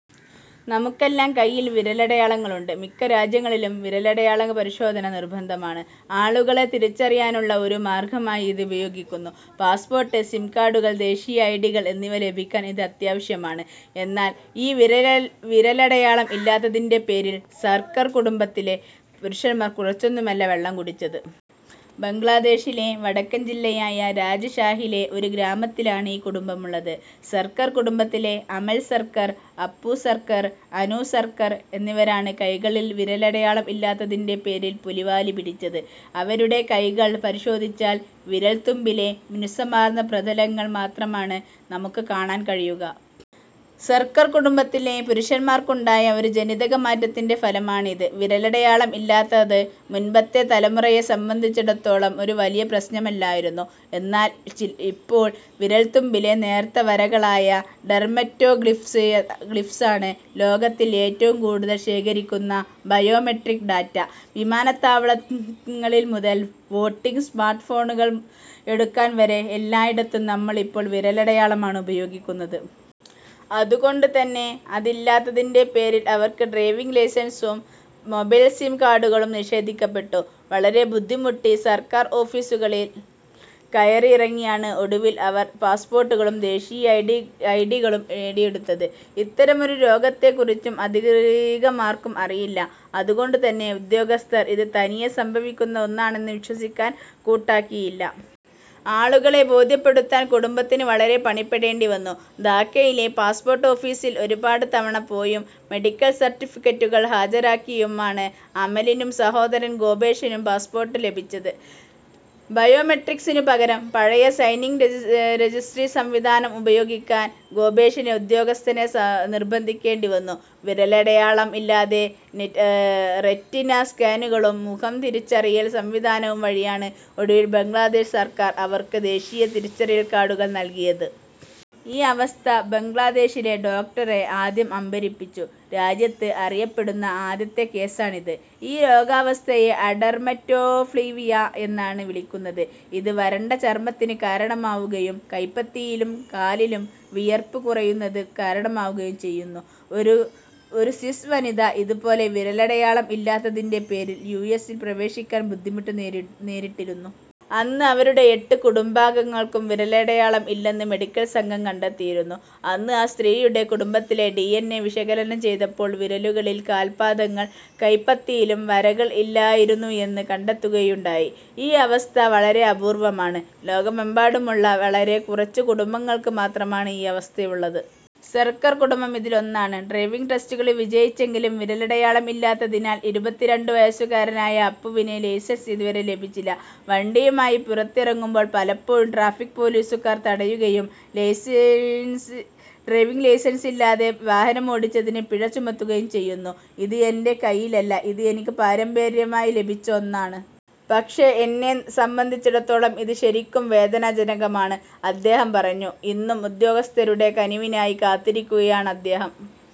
നമുക്കെല്ലാം കൈയിൽ വിരലടയാളങ്ങളുണ്ട്. മിക്ക രാജ്യങ്ങളിലും വിരലടയാള പരിശോധന നിർബന്ധമാണ്. ആളുകളെ തിരിച്ചറിയാനുള്ള ഒരു മാർഗമായി ഇത് ഉപയോഗിക്കുന്നു. പാസ്പോർട്ട്, സിം കാർഡുകൾ, ദേശീയ ഐഡികൾ എന്നിവ ലഭിക്കാൻ ഇത് അത്യാവശ്യമാണ്. എന്നാൽ, ഈ വിരലടയാളം ഇല്ലാത്തതിൻ്റെ പേരിൽ സർക്കർ കുടുംബത്തിലെ പുരുഷന്മാർ കുറച്ചൊന്നുമല്ല വെള്ളം കുടിച്ചത്. ബംഗ്ലാദേശിലെ വടക്കൻ ജില്ലയായ രാജ്ഷാഹിയിലെ ഒരു ഗ്രാമത്തിലാണ് ഈ കുടുംബമുള്ളത്. സർക്കർ കടുംബത്തിലെ അമൽ സർക്കർ, അപു സർക്കാർ, അനു സർക്കർ എന്നിവരാണ് കൈകളിൽ വിരലടയാളം ഇല്ലാത്തതിൻ്റെ പേരിൽ പുലിവാല് പിടിച്ചത്. അവരുടെ കൈകൾ പരിശോധിച്ചാൽ വിരൽത്തുമ്പിലെ മിനുസമാർന്ന പ്രതലങ്ങൾ മാത്രമാണ് നമുക്ക് കാണാൻ കഴിയുക. സർക്കർ കുടുംബത്തിലെ പുരുഷന്മാർക്ക് ഉണ്ടായ ഒരു ജനിതകമാറ്റത്തിൻ്റെ ഫലമാണ് ഇത്. വിരലടയാളം ഇല്ലാത്തത് മുൻപത്തെ തലമുറയെ സംബന്ധിച്ചിടത്തോളം ഒരു വലിയ പ്രശ്നമല്ലായിരുന്നു. എന്നാൽ, ഇപ്പോൾ വിരൽത്തുമ്പിലെ നേർത്ത വരകളായ ഡെർമറ്റോഗ്ലിഫ്സ് ആണ് ലോകത്തിൽ ഏറ്റവും കൂടുതൽ ശേഖരിക്കുന്ന ബയോമെട്രിക് ഡാറ്റ. വിമാനത്താവളങ്ങളിൽ മുതൽ വോട്ടിംഗ്, സ്മാർട്ട്ഫോണുകൾ എടുക്കാൻ വരെ എല്ലായിടത്തും നമ്മൾ ഇപ്പോൾ വിരലടയാളമാണ് ഉപയോഗിക്കുന്നത്. അതുകൊണ്ട് തന്നെ അതില്ലാത്തതിൻ്റെ പേരിൽ അവർക്ക് ഡ്രൈവിംഗ് ലൈസൻസും മൊബൈൽ സിം കാർഡുകളും നിഷേധിക്കപ്പെട്ടു. വളരെ ബുദ്ധിമുട്ടി സർക്കാർ ഓഫീസുകളിൽ കയറി ഇറങ്ങിയാണ് ഒടുവിൽ അവർ പാസ്പോർട്ടുകളും ദേശീയ ഐഡികളും നേടിയെടുത്തത്. ഇത്തരമൊരു രോഗത്തെ കുറിച്ചും അധികമാർക്കും അറിയില്ല. അതുകൊണ്ടുതന്നെ ഉദ്യോഗസ്ഥർ ഇത് തനിയെ സംഭവിക്കുന്ന ഒന്നാണെന്ന് വിശ്വസിക്കാൻ കൂട്ടാക്കിയില്ല. ആളുകളെ ബോധ്യപ്പെടുത്താൻ കുടുംബത്തിന് വളരെ പണിപ്പെടേണ്ടി വന്നു. ധാക്കയിലെ പാസ്പോർട്ട് ഓഫീസിൽ ഒരുപാട് തവണ പോയും, മെഡിക്കൽ സർട്ടിഫിക്കറ്റുകൾ ഹാജരാക്കിയുമാണ് അമലിനും സഹോദരൻ ഗോപേഷിനും പാസ്പോർട്ട് ലഭിച്ചത്. ബയോമെട്രിക്സിനുപകരം, പഴയ സൈനിംഗ് രജിസ്ട്രി സംവിധാനം ഉപയോഗിക്കാൻ ഗോപേഷിന് ഉദ്യോഗസ്ഥനെ നിർബന്ധിക്കേണ്ടി വന്നു. വിരലടയാളം ഇല്ലാതെ റെറ്റിന സ്കാനുകളും മുഖം തിരിച്ചറിയൽ സംവിധാനവും വഴിയാണ് ഒടുവിൽ ബംഗ്ലാദേശ് സർക്കാർ അവർക്ക് ദേശീയ തിരിച്ചറിയൽ കാർഡുകൾ നൽകിയത്. ഈ അവസ്ഥ ബംഗ്ലാദേശിലെ ഡോക്ടരെ ആദ്യം അമ്പരപ്പിച്ചു. രാജ്യത്ത് അറിയപ്പെടുന്ന ആദ്യത്തെ കേസാണ് ഇത്. ഈ രോഗാവസ്ഥയെ അഡെർമറ്റോഗ്ലിഫിയ എന്നാണ് വിളിക്കുന്നത്. ഇത് വരണ്ട ചർമ്മത്തിന് കാരണമാവുകയും കൈപ്പത്തിയിലും കാലിലും വിയർപ്പ് കുറയ്ക്കുന്നതിന് കാരണമാവുകയും ചെയ്യുന്നു. ഒരു സ്വിസ് വനിത ഇതുപോലെ വിരലടയാളം ഇല്ലാത്തതിൻ്റെ പേരിൽ യുഎസിൽ പ്രവേശിക്കാൻ ബുദ്ധിമുട്ട് നേരിട്ടിരുന്നു. അന്ന് അവരുടെ എട്ട് കുടുംബാംഗങ്ങൾക്കും വിരലടയാളം ഇല്ലെന്ന് മെഡിക്കൽ സംഘം കണ്ടെത്തിയിരുന്നു. അന്ന് ആ സ്ത്രീയുടെ കുടുംബത്തിലെ ഡി. എൻ. എ. വിശകലനം ചെയ്തപ്പോൾ വിരലുകളിൽ, കാൽപാദങ്ങൾ, കൈപ്പത്തിയിലും വരകൾ ഇല്ലായിരുന്നു എന്ന് കണ്ടത്തുകയുണ്ടായി. ഈ അവസ്ഥ വളരെ അപൂർവമാണ്. ലോകമെമ്പാടുമുള്ള വളരെ കുറച്ച് കുടുംബങ്ങൾക്ക് മാത്രമാണ് ഈ അവസ്ഥയുള്ളത്. സർക്കർ കുടുംബം അതിലൊന്നാണ്. ഡ്രൈവിംഗ് ടെസ്റ്റുകളിൽ വിജയിച്ചെങ്കിലും, വിരലടയാളം ഇല്ലാത്തതിനാൽ ഇരുപത്തിരണ്ട് വയസ്സുകാരനായ അപ്പുവിന് ലൈസൻസ് ഇതുവരെ ലഭിച്ചിട്ടില്ല. വണ്ടിയുമായി പുറത്തിറങ്ങുമ്പോൾ പലപ്പോഴും ട്രാഫിക് പൊലീസുകാർ തടയുകയും ഡ്രൈവിംഗ് ലൈസൻസില്ലാതെ വാഹനമോടിച്ചതിന് പിഴ ചുമത്തുകയും ചെയ്യുന്നു. "ഇത് എൻ്റെ കൈയിലല്ല. ഇത് എനിക്ക് പാരമ്പര്യമായി ലഭിച്ച ഒന്നാണ്. പക്ഷേ, എന്നെ സംബന്ധിച്ചിടത്തോളം ഇത് ശരിക്കും വേദനാജനകമാണ് " അദ്ദേഹം പറഞ്ഞു. ഇന്നും ഉദ്യോഗസ്ഥരുടെ കനിവിനായി കാത്തിരിക്കയാണ് അദ്ദേഹം.